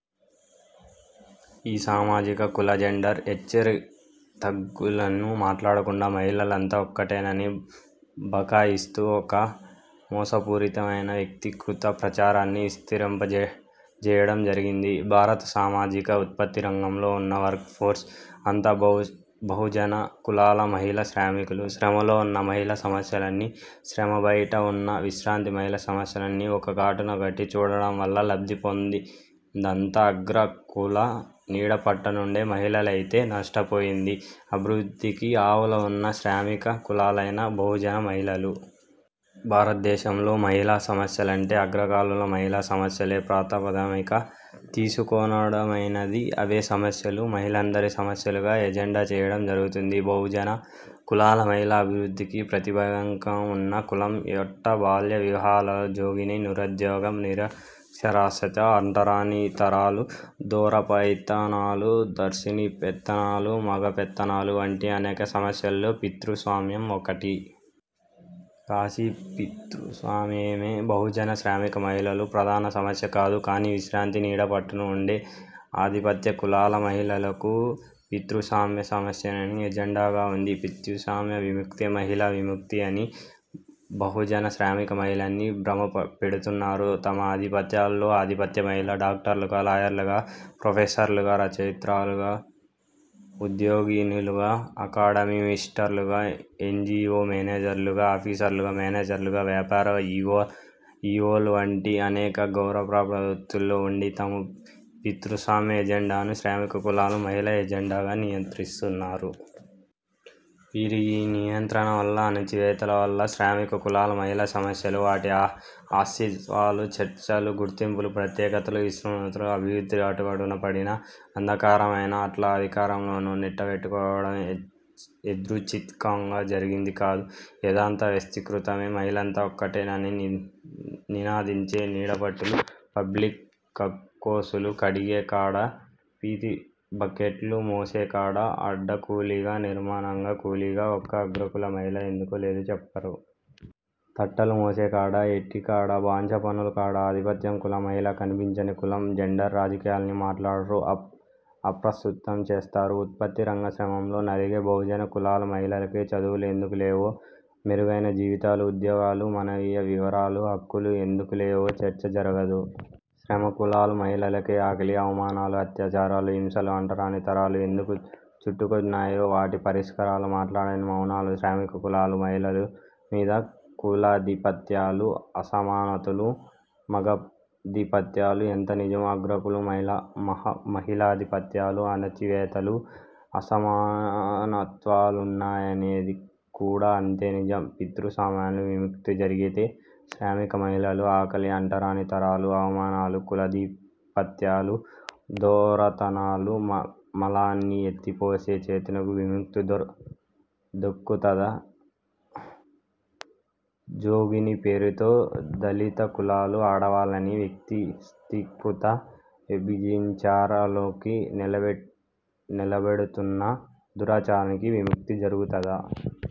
ఈ సామాజిక కుల జెండర్ హెచ్చుతగ్గుల్ని మాట్లాడకుండా, మహిళలంతా ఒక్కటేనని బకాయిస్తూ ఒక మోసపూరితమైన వ్యక్తికృత ప్రచారాన్ని విస్తరింప జేయడం జరిగింది. భారత సామాజిక ఉత్పత్తి రంగంలో వున్న వర్క్ ఫోర్స్ అంతా బహుజన కులాల మహిళా శ్రామికులు. శ్రమలో వున్న మహిళా సమస్యల్ని, శ్రమ బైట వున్న విశ్రాంత మహిళా సమస్యల్ని ఒక గాటన గట్టి చూడడం వల్ల లబ్ధి పొందిందంతా అగ్రకుల నీడ పట్టునుండే మహిళలైతే, నష్టపోయింది అభివృద్ధికి ఆవల వున్న శ్రామిక కులాలైన బహుజన మహిళలు. భారతదేశంలో మహిళా సమస్యలంటే అగ్రకులాల మహిళల సమస్యలనే ప్రాతిపదికగా తీసుకొనడమైన్నది, అవే సమస్యలు మహిళలందరి సమస్యలుగా ఎజెండా చేయడం జరుగుతుంది. బహుజన కులాల మహిళల అభివృద్ధికి ప్రతిబంధకంగా వున్న కులం, యెట్టి, బాల్య వివాహాలు, జోగినీ, నిరుద్యోగం, నిరక్షరాస్యత, అంటరానితనాలు, దొరపెత్తనాలు, దొర్సిని పెత్తనాలు, మగ పెత్తనాలు వంటి అనేక సమస్యల్లో పితృస్వామ్యం ఒకటి. కానీ పితృస్వామ్యమే బహుజన శ్రామిక మహిళకు ప్రధాన సమస్య కాదు. కానీ విశ్రాంతి నీడ పట్టున వుండే ఆధిపత్య కులాల మహిళకు పితృస్వామ్య సమస్యనే ఎజెండాగా వుంది. పితృస్వామ్య విముక్తే మహిళా విముక్తి అని బహుజన శ్రామిక మహిళల్ని భ్రమ పెడుతున్నారు తమ ఆధిపత్యాలతో. ఆధిపత్య మహిళలు డాక్టర్లుగా, లాయర్లుగా, ప్రొఫెసర్లుగా, రచయిత్రులుగా, ఉద్యోగినులుగా అకాడమిస్టులుగా, ఎన్జీవో మేనేజర్లుగా, ఆఫీసర్లుగా, మేనేజర్లుగా, వ్యాపార ఈవోలు వంటి అనేక గౌరవప్రద వృత్తుల్లో వుండి తమ పితృస్వామ్య ఎజెండానే శ్రామిక కులాల మహిళా ఎజెండాగా నియంత్రిస్తున్నారు. వీరి ఈ నియంత్రణ వల్ల అణచివేతల వల్ల శ్రామిక కులాల మహిళా సమస్యలు వాటి అస్తిత్వాలు, చర్చలు, గుర్తింపులు, ప్రత్యేకతలు, విస్తృతులు అభివృద్ధి అట్టడుగున పడిన అంధకారమైనా అట్లా అంధకారంలోకి నెట్టివేకొవడం యాదృచ్ఛికంగా జరిగింది కాదు, యిదంతా వ్యస్థీకృతమే. మహిళలంతా ఒక్కటేనని నినదించే నీడపట్టులు– పబ్లిక్ కక్కోసులు కడిగే కాడ, పీతి బకెట్లు మోసే కాడ, అడ్డా కూలీగా, నిర్మాణంగ కూలీగా ఒక్క అగ్రకుల మహిళ ఎందుకు లేదో చెప్పరు. తట్టలు మోసే కాడ, యెట్టి కాడ, బాంచ పనుల కాడ ఆధిపత్య కులం మహిళ కనిపించని కుల జెండర్ రాజకీయాల్ని మాట్లాడరు, అప్రస్తుతం చేస్తరు. ఉత్పత్తి రంగ శ్రమల్లో నలిగే బహుజన కులాల మహిళలకే చదువులు ఎందుకు లేవో, మెరుగైన జీవితాలు, ఉద్యోగాలు, మానవీయ వివరాలు, హక్కులు ఎందుకులేవో చర్చ జరగదు. శ్రమకులాల మహిళలకే ఆకలి, అవమానాలు, అత్యాచారాలు, హింసలు, అంటరానితనాలు ఎందుకు చుట్టుకున్నాయో వాటి పరిష్కారాలు మాట్లాడని మౌనాలు. శ్రామిక కులాల మహిళల మీద కులాధిపత్యాలు, అసమానతలు, మగాధిపత్యాలు ఎంత నిజమో, అగ్రకుల మహిళాధిపత్యాలు, అణచివేతలు, అసమానత్వాలున్నాయనేది కూడా అంతే నిజం. పితృస్వామ్యాల విముక్తి జరిగితే శ్రామిక మహిళల ఆకలి, అంటరానితనాలు, అవమానాలు, కులాధిపత్యాలు, దొరతనాలు, మలాన్ని ఎత్తిపోసే చేతులకు విముక్తి దొర్కుతదా, జోగినీ పేరుతో దళిత కులాల ఆడవాళ్లని వ్యవస్థీకృత వ్యభిచారంలోకి నిలబడుతున్న దురాచారానికి విముక్తి జరుగుతదా!